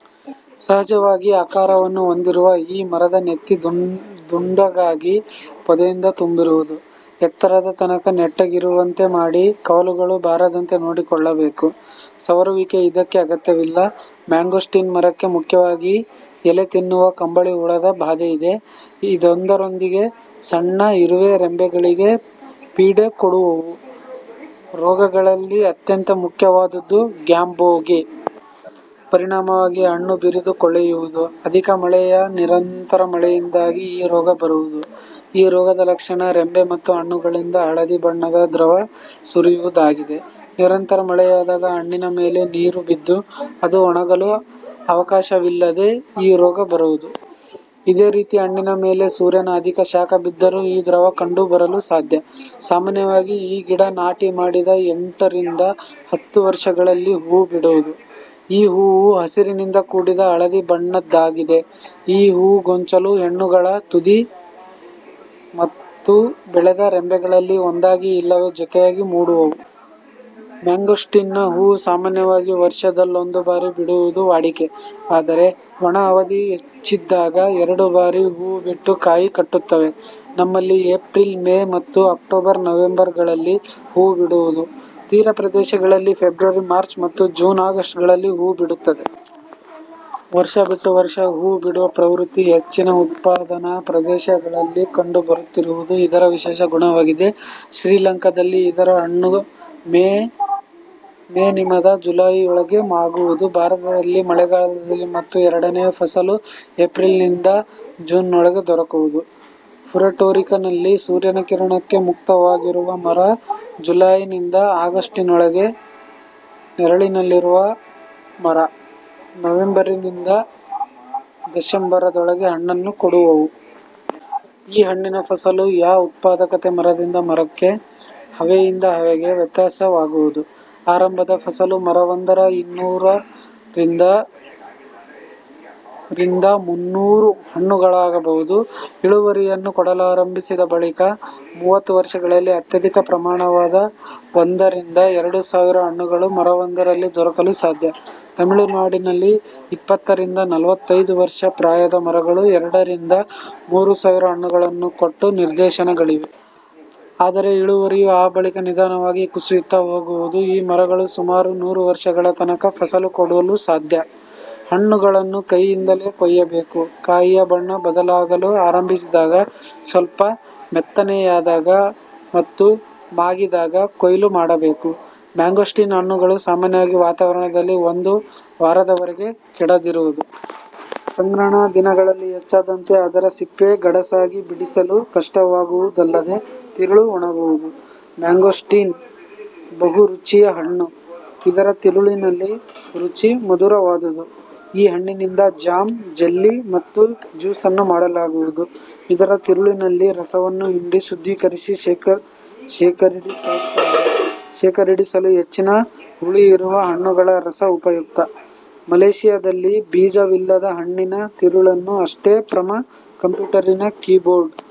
ಸಹಜವಾಗಿ ಆಕಾರವನ್ನು ಹೊಂದಿರುವ ಈ ಮರದ ನೆತ್ತಿ ದುಂಡಗಾಗಿ ಪೊದೆಯಿಂದ ತುಂಬಿರುವುದು. ಎತ್ತರದ ತನಕ ನೆಟ್ಟಗಿರುವಂತೆ ಮಾಡಿ ಕವಲುಗಳು ಬಾರದಂತೆ ನೋಡಿಕೊಳ್ಳಬೇಕು. ಸವರುವಿಕೆ ಇದಕ್ಕೆ ಅಗತ್ಯವಿಲ್ಲ. ಮ್ಯಾಂಗೋಸ್ಟಿನ್ ಮರಕ್ಕೆ ಮುಖ್ಯವಾಗಿ ಎಲೆ ತಿನ್ನುವ ಕಂಬಳಿ ಹುಳದ ಬಾಧೆಯಿದೆ. ಇದರೊಂದಿಗೆ ಸಣ್ಣ ಇರುವೆ ರೆಂಬೆಗಳಿಗೆ ಪೀಡೆಕೊಡುವುವು. ರೋಗಗಳಲ್ಲಿ ಅತ್ಯಂತ ಮುಖ್ಯವಾದುದು "ಗ್ಯಾಂಬೋಗೆ". ಪರಿಣಾಮವಾಗಿ ಹಣ್ಣು ಬಿರಿದು ಕೊಳೆಯುವುದು. ಅಧಿಕ ಮಳೆ ಯಾ ನಿರಂತರ ಮಳೆಯಿಂದಾಗಿ ಈ ರೋಗ ಬುರುವುದು. ಈ ರೋಗದ ಲಕ್ಷಣ ರೆಂಬೆ ಮತ್ತು ಹಣ್ಣುಗಳಿಂದ ಹಳದಿ ಬಣ್ಣದ ದ್ರವ ಸುರಿಯುವುದಾಗಿದೆ. ನಿರಂತರ ಮಳೆಯಾದಾಗ ಹಣ್ಣಿನ ಮೇಲೆ ನೀರು ಬಿದ್ದು, ಅದು ಒಣಗಲು ಅವಕಾಶವಿಲ್ಲದೆ ಈ ರೋಗ ಬರುವುದು. ಇದೇ ರೀತಿ ಹಣ್ಣಿನ ಮೇಲೆ ಸೂರ್ಯನ ಅಧಿಕ ಶಾಖ ಬಿದ್ದರೂ ಈ ದ್ರವ ಕಂಡು ಬರಲು ಸಾಧ್ಯ. ಸಾಮಾನ್ಯವಾಗಿ ಈ ಗಿಡ ನಾಟಿ ಮಾಡಿದ ಎಂಟ ರಿಂದ ಹತ್ತು ವರ್ಷಗಳಲ್ಲಿ ಹೂವು ಬಿಡುವುದು. ಈ ಹೂವು ಹಸಿರಿನಿಂದ ಕೂಡಿದ ಹಳದಿ ಬಣ್ಣದ್ದಾಗಿದೆ ಈ ಹೂ ಗೊಂಚಲು ಗೆಣ್ಣುಗಳ ತುದಿ ಮತ್ತು ಬೆಳೆದ ರೆಂಬೆಗಳಲ್ಲಿ ಒಂದಾಗಿ ಇಲ್ಲವೆ ಜೊತೆಯಾಗಿ ಮೂಡುವುವು. ಮ್ಯಾಂಗೋಸ್ಟಿನ್ನ ಹೂವು ಸಾಮಾನ್ಯವಾಗಿ ವರ್ಷದಲ್ಲೊಂದು ಬಾರಿ ಬಿಡುವುದು ವಾಡಿಕೆ, ಆದರೆ, ಒಣ ಅವಧಿ ಹೆಚ್ಚಿದ್ದಾಗ ಎರಡು ಬಾರಿ ಹೂವು ಬಿಟ್ಟು ಕಾಯಿ ಕಟ್ಟುತ್ತವೆ. ನಮ್ಮಲ್ಲಿ ಏಪ್ರಿಲ್ – ಮೇ ಮತ್ತು ಅಕ್ಟೋಬರ್ – ನವಂಬರ್ ಗಳಲ್ಲಿ ಹೂವು ಬಿಡುವುದು. ತೀರ ಪ್ರದೇಶಗಳಲ್ಲಿ ಫೆಬ್ರವರಿ-ಮಾರ್ಚ್ ಮತ್ತು ಜೂನ್ -ಆಗಸ್ಟ್ಗಳಲ್ಲಿ ಹೂವು ಬಿಡುತ್ತದೆ. ವರ್ಷ ಬಿಟ್ಟು ವರ್ಷ ಹೂವು ಬಿಡುವ ಪ್ರವೃತ್ತಿ ಹೆಚ್ಚಿನ ಉತ್ಪಾದನಾ ಪ್ರದೇಶಗಳಲ್ಲಿ ಕಂಡು ಬರುತ್ತಿರುವುದು ಇದರ ವಿಶೇಷ ಗುಣವಾಗಿದೆ. ಶ್ರೀಲಂಕಾದಲ್ಲಿ ಇದರ ಹಣ್ಣು ಮೇ ನಿಮದ ಜುಲಾಯಿಯೊಳಗೆ ಮಾಗುವುದು. ಭಾರತದಲ್ಲಿ ಮಳೆಗಾಲದಲ್ಲಿ ಮತ್ತು ಎರಡನೆ ಫಸಲು ಏಪ್ರಿಲ್ನಿಂದ ಜೂನ್ನೊಳಗೆ ದೊರಕುವುದು. ಪ್ಯುರೆಟೋರಿಕನ್ನಲ್ಲಿ ಸೂರ್ಯನ ಕಿರಣಕ್ಕೆ ಮುಕ್ತವಾಗಿರುವ ಮರ ಜುಲಾಯಿನಿಂದ ಅಗೋಸ್ಟುನಲ್ಲಿ ನೆರಳಲ್ಲಿರುವ ಮರ ನವಂಬರಿನಿಂದ ದಶಂಬರದೊಳಗೆ ಹಣ್ಣನ್ನು ಕೊಡುವುವು. ಈ ಹಣ್ಣಿನ ಫಸಲು ಯಾ ಉತ್ಪಾದಕತೆ ಮರದಿಂದ ಮರಕ್ಕೆ, ಹವೆಯಿಂದ ಹವೆಗೆ ವ್ಯತ್ಯಾಸವಾಗುವುದು. ಆರಂಭದ ಫಸಲು ಮರವೊಂದರ ಇನ್ನೂರರಿಂದ ರಿಂದ ಮುನ್ನೂರು ಹಣ್ಣುಗಳಾಗಬಹುದು. ಇಳುವರಿಯನ್ನು ಕೊಡಲಾರಂಭಿಸಿದ ಬಳಿಕದ ಮೂವತ್ತು ವರ್ಷಗಳಲ್ಲಿ ಅತ್ಯಧಿಕ ಪ್ರಮಾಣವಾದ ಒಂದ ರಿಂದ ಎರಡು ಸಾವಿರ ಹಣ್ಣುಗಳು ಮರವೊಂದರಲ್ಲಿ ದೊರಕಲು ಸಾಧ್ಯ. ತಮಿಳುನಾಡಿನಲ್ಲಿಇಪ್ಪತ್ತ ರಿಂದ ನಲವತ್ತೈದು ವರ್ಷ ಪ್ರಾಯದ ಮರಗಳು ಎರಡ ರಿಂದ ಮೂರು ಸಾವಿರ ಹಣ್ನುಗಳನ್ನು ಕೊಟ್ಟ ನಿದರ್ಶನಗಳಿವೆ. ಆದರೆ ಇಳುವರಿಯು ಆ ಬಳಿಕ ನಿಧಾನವಾಗಿ ಕುಸಿಯುತ್ತಾ ಹೋಗುವುದು. ಈ ಮರಗಳು ಸುಮಾರು ನೂರು ವರ್ಷಗಳ ತನಕ ಫಸಲು ಕೊಡಲು ಸಾಧ್ಯ. ಹಣ್ಣುಗಳನ್ನು ಕೈಯಿಂದಲೇ ಕೊಯ್ಯಬೇಕು. ಕಾಯಿಯ ಬಣ್ಣ ಬದಲಾಗಲು ಆರಂಭಿಸಿದಾಗ, ಸ್ವಲ್ಪ ಮೆತ್ತನೆಯಾದಾಗ ಮತ್ತು ಮಾಗಿದಾಗ ಕೊಯ್ಲು ಮಾಡಬೇಕು. ಮ್ಯಾಂಗೋಸ್ಟಿನ್ ಹಣ್ಣುಗಳು ಸಾಮಾನ್ಯ ವಾತಾವರಣದಲ್ಲಿ ಒಂದು ವಾರದವರೆಗೆ ಕೆಡದಿರುವುದು. ಸಂಗ್ರಹಣಾ ದಿನಗಳು ಹೆಚ್ಚಾದಂತೆ ಅದರ ಸಿಪ್ಪೆ ಗಡಸಾಗಿ ಬಿಡಿಸಲು ಕಷ್ಟವಾಗುವುದಲ್ಲದೆ ತಿರುಳು ಒಣಗುವುದು. ಮ್ಯಾಂಗೋಸ್ಟಿನ್ ಬಹುರುಚಿಯ ಹಣ್ಣು. ಇದರ ತಿರುಳಿನ ರುಚಿ ಮಧುರವಾದುದು. ಈ ಹಣ್ಣಿನಿಂದ ಜಾಮ್, ಜೆಲ್ಲಿ ಮತ್ತು ಜ್ಯೂಸನ್ನು ಮಾಡಲಾಗುವುದು. ಇದರ ತಿರುಳಿನಿಂದ ರಸವನ್ನು ಹಿಂಡಿ ಶುದ್ಧೀಕರಿಸಿ ಶೇಖರಿಸಿಡುತ್ತಾರೆ. ಶೇಖರಿಸಿಡಲು ಹೆಚ್ಚಿನ ಹುಳಿಯಿರುವ ಹಣ್ಣುಗಳ ರಸ ಉಪಯುಕ್ತ. ಮಲೇಶಿಯಾದಲ್ಲಿ ಬೀಜವಿಲ್ಲದ ಹಣ್ಣಿನ ತಿರುಳನ್ನು ಅಷ್ಟೇ ಪ್ರಮ ಕಂಪ್ಯೂಟರಿನ ಕೀಬೋರ್ಡ್